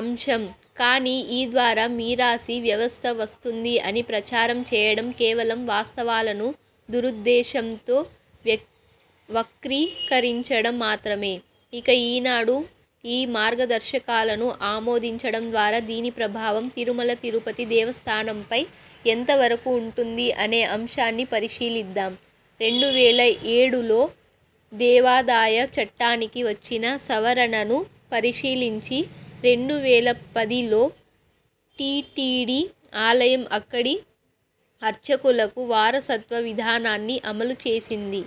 అంశం. కానీ ఈ ద్వారా మీరాసీ వ్యవస్థ వస్తుంది అని ప్రచారం చేయడం కేవలం వాస్తవాలను దురుద్దేశంతో వ్య వక్రీకరించడం మాత్రమే. ఇక ఈనాడు ఈ మార్గదర్శకాలను ఆమోదించడం ద్వారా దీని ప్రభావం తిరుమల తిరుపతి దేవస్థానంపై ఎంతవరకు ఉంటుంది అనే అంశాన్ని పరిశీలిద్దాం. రెండు వేల ఏడులో దేవాదాయ చట్టానికి వచ్చిన సవరణను పరిశీలించి రెండు వేల పదిలో టీటీడీ ఆలయం అక్కడి అర్చకులకు వారసత్వ విధానాన్ని అమలుచేసింది.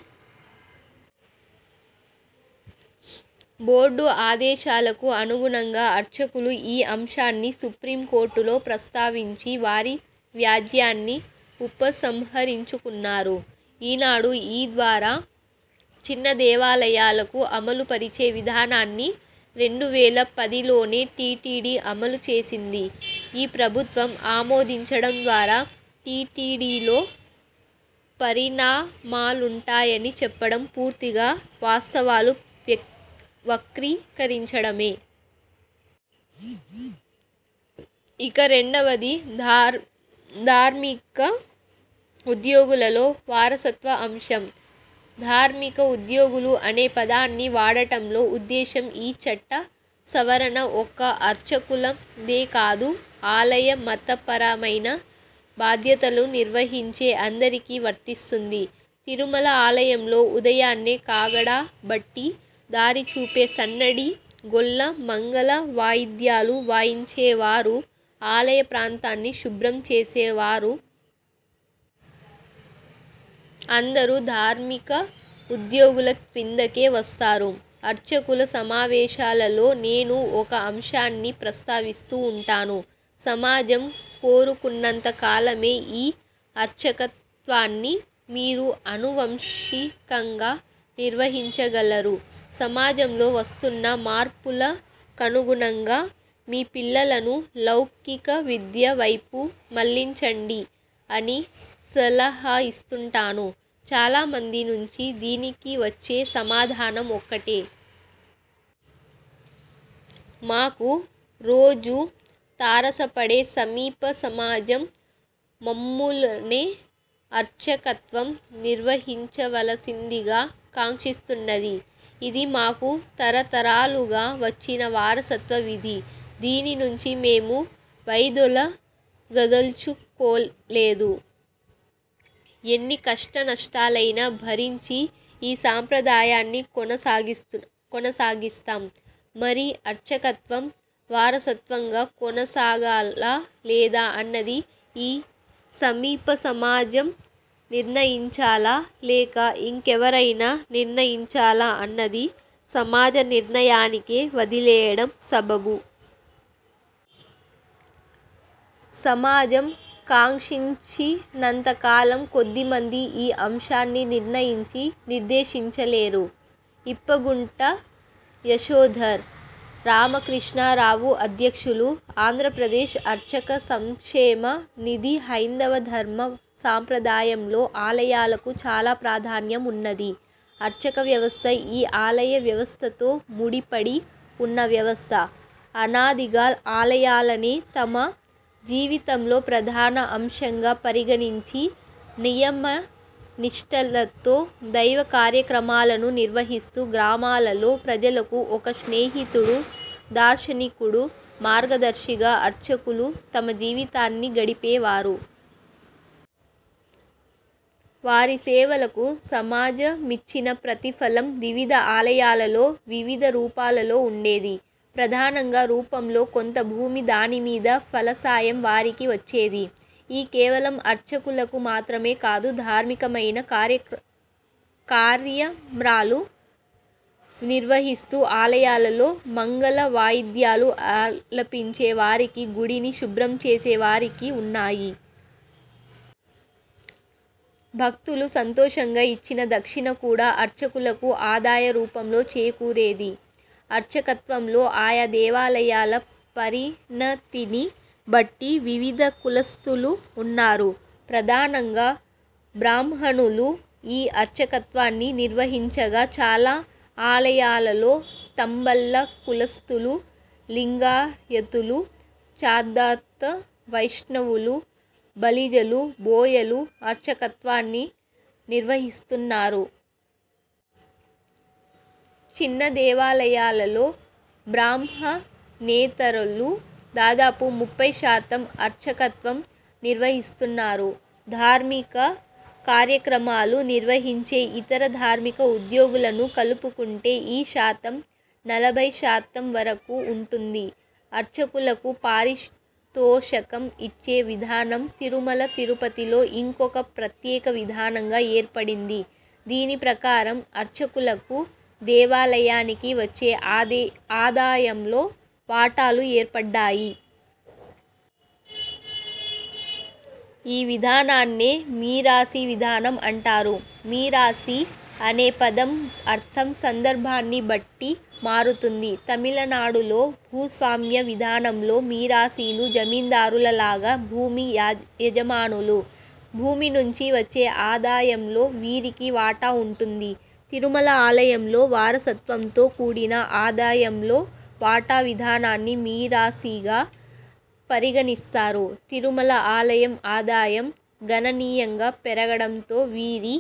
బోర్డు ఆదేశాలకు అనుగుణంగా అర్చకులు ఈ అంశాన్ని సుప్రీం కోర్టులో ప్రస్తావించి వారి వ్యాజ్యాన్ని ఉపసంహరించుకున్నారు. ఈనాడు ఈ ద్వారా చిన్న దేవాలయాలకు అమలుపరిచే విధానాన్ని రెండు వేల పదిలోనే టీటీడీ అమలు చేసింది. ఈ ప్రభుత్వం ఆమోదించడం ద్వారా టీటీడీలో పరిణామాలుంటాయని చెప్పడం పూర్తిగా వాస్తవాలు వక్రీకరించడమే. ఇక రెండవది ధార్ ధార్మిక ఉద్యోగులలో వారసత్వ అంశం. ధార్మిక ఉద్యోగులు అనే పదాన్ని వాడటంలో ఉద్దేశం ఈ చట్ట సవరణ ఒక్క అర్చకులదేకాదు ఆలయ మతపరమైన బాధ్యతలు నిర్వహించే అందరికీ వర్తిస్తుంది. తిరుమల ఆలయంలో ఉదయాన్నే కాగడా బట్టి దారిచూపే సన్నఢి గొల్ల మంగళవాయిద్యాలు వాయించేవారు, ఆలయ ప్రాంతాన్ని శుభ్రంచేసేవారు. అందరు ధార్మిక ఉద్యోగుల క్రిందకే వస్తారు. అర్చకుల సమావేశాలలో నేను ఒక అంశాన్ని ప్రస్తావిస్తూ ఉంటాను. సమాజం కోరుకున్నంత కాలమే ఈ అర్చకత్వాన్ని మీరు అనువంశికంగా నిర్వహించగలరు. సమాజంలో వస్తున్న మార్పులకనుగుణంగా మీ పిల్లలను లౌకికవిద్య వైపు మళ్ళించండి అని సల హా ఇస్తుంటాను. చాలామంది నుంచి దీనికివచ్చే సమాధానం ఒకటే. మాకు రోజూ తారసపడే సమీప సమాజం మమ్ములనే అర్చకత్వం నిర్వహించవలసిందిగా కాంక్షిస్తున్నది. ఇది మాకు తరతరాలుగా వచ్చిన వారసత్వ విధి. దీని నుంచి మేము వైదొలగదల్చుకోలేదు. ఎన్నికష్టనష్టాలైనా భరించి ఈ సాంప్రదాయాన్ని కొనసాగి కొనసాగిస్తాం. మరి అర్చకత్వం వారసత్వంగా కొనసాగాలా లేదా అన్నది ఈ సమీప సమాజం నిర్ణయించాలా, లేక ఇంకెవరైనా నిర్ణయించాలా అన్నది సమాజ నిర్ణయానికే వదిలేయడం సబబు. సమాజం కాంక్షించినంతకాలం కొద్ది మంది ఈ అంశాన్నినిర్ణయించి నిర్దేశించలేరు. ఇప్పగుంట యశోధర్ రామకృష్ణారావుఅధ్యక్షులు, ఆంధ్రప్రదేశ్ అర్చక సంక్షేమ నిధి హైందవ ధర్మ సాంప్రదాయంలో ఆలయాలకు చాలా ప్రాధాన్యం ఉన్నది. అర్చక వ్యవస్థ ఈ ఆలయ వ్యవస్థతో ముడిపడి ఉన్న వ్యవస్థ. అనాదిగా ఆలయాలనే తమ జీవితంలో ప్రధాన అంశంగా పరిగణించి నియమనిష్టలతో దైవకార్యక్రమాలను నిర్వహిస్తూ గ్రామాలలో ప్రజలకు ఒక స్నేహితుడు, దార్శనికుడు, మార్గదర్శిగా అర్చకులు తమ జీవితాన్ని గడిపేవారు. వారి సేవలకు సమాజమిచ్చిన ప్రతిఫలం వివిధ ఆలయాలలో వివిధ రూపాలలో ఉండేది. ప్రధానంగా రూపంలో కొంత భూమి దాని మీద ఫలసాయం వారికి వచ్చేది. ఈ కేవలం అర్చకులకు మాత్రమే కాదు ధార్మికమైన కార్య కార్యమ్రాలు నిర్వహిస్తూ ఆలయాలలో మంగళవాయిద్యాలు ఆలపించే వారికి గుడిని శుభ్రంచేసే వారికి ఉన్నాయి. భక్తులు సంతోషంగా ఇచ్చిన దక్షిణ కూడా అర్చకులకు ఆదాయ రూపంలో చేకూరేది. అర్చకత్వంలో ఆయా దేవాలయాల పరిణతిని బట్టి వివిధ కులస్థులు ఉన్నారు. ప్రధానంగా బ్రాహ్మణులు ఈ అర్చకత్వాన్ని నిర్వహించగా చాలా ఆలయాలలో తంబల్ల కులస్థులు, లింగాయతులు, చాద్ధాత వైష్ణవులు, బలిజలు, బోయలు అర్చకత్వాన్ని నిర్వహిస్తున్నారు. చిన్న దేవాలయాలలో బ్రాహ్మణేతరులు దాదాపు ముప్పై శాతం అర్చకత్వం నిర్వహిస్తున్నారు. ధార్మిక కార్యక్రమాలు నిర్వహించే ఇతర ధార్మిక ఉద్యోగులను కలుపుకుంటే ఈ శాతం నలభైశాతం వరకు ఉంటుంది. అర్చకులకు పారితోషకం ఇచ్చే విధానం తిరుమల తిరుపతిలో ఇంకొక ప్రత్యేక విధానంగా ఏర్పడింది. దీని ప్రకారం అర్చకులకు దేవాలయానికి వచ్చే ఆదే ఆదాయంలో వాటాలు ఏర్పడ్డాయి. ఈ విధానాన్నే మీరాసీ విధానం అంటారు. మీరాసీ అనే పదం అర్థం సందర్భాన్ని బట్టి మారుతుంది. తమిళనాడులో భూస్వామ్య విధానంలో మీరాసీలు జమీందారుల లాగా భూమి యజమానులు. భూమి నుంచి వచ్చే ఆదాయంలో వీరికి వాటా ఉంటుంది. తిరుమల ఆలయంలో వారసత్వంతో కూడిన ఆదాయంలో వాటా విధానాన్ని మీరాసీగా పరిగణిస్తారు. తిరుమల ఆలయం ఆదాయం గణనీయంగా పెరగడంతో వీరి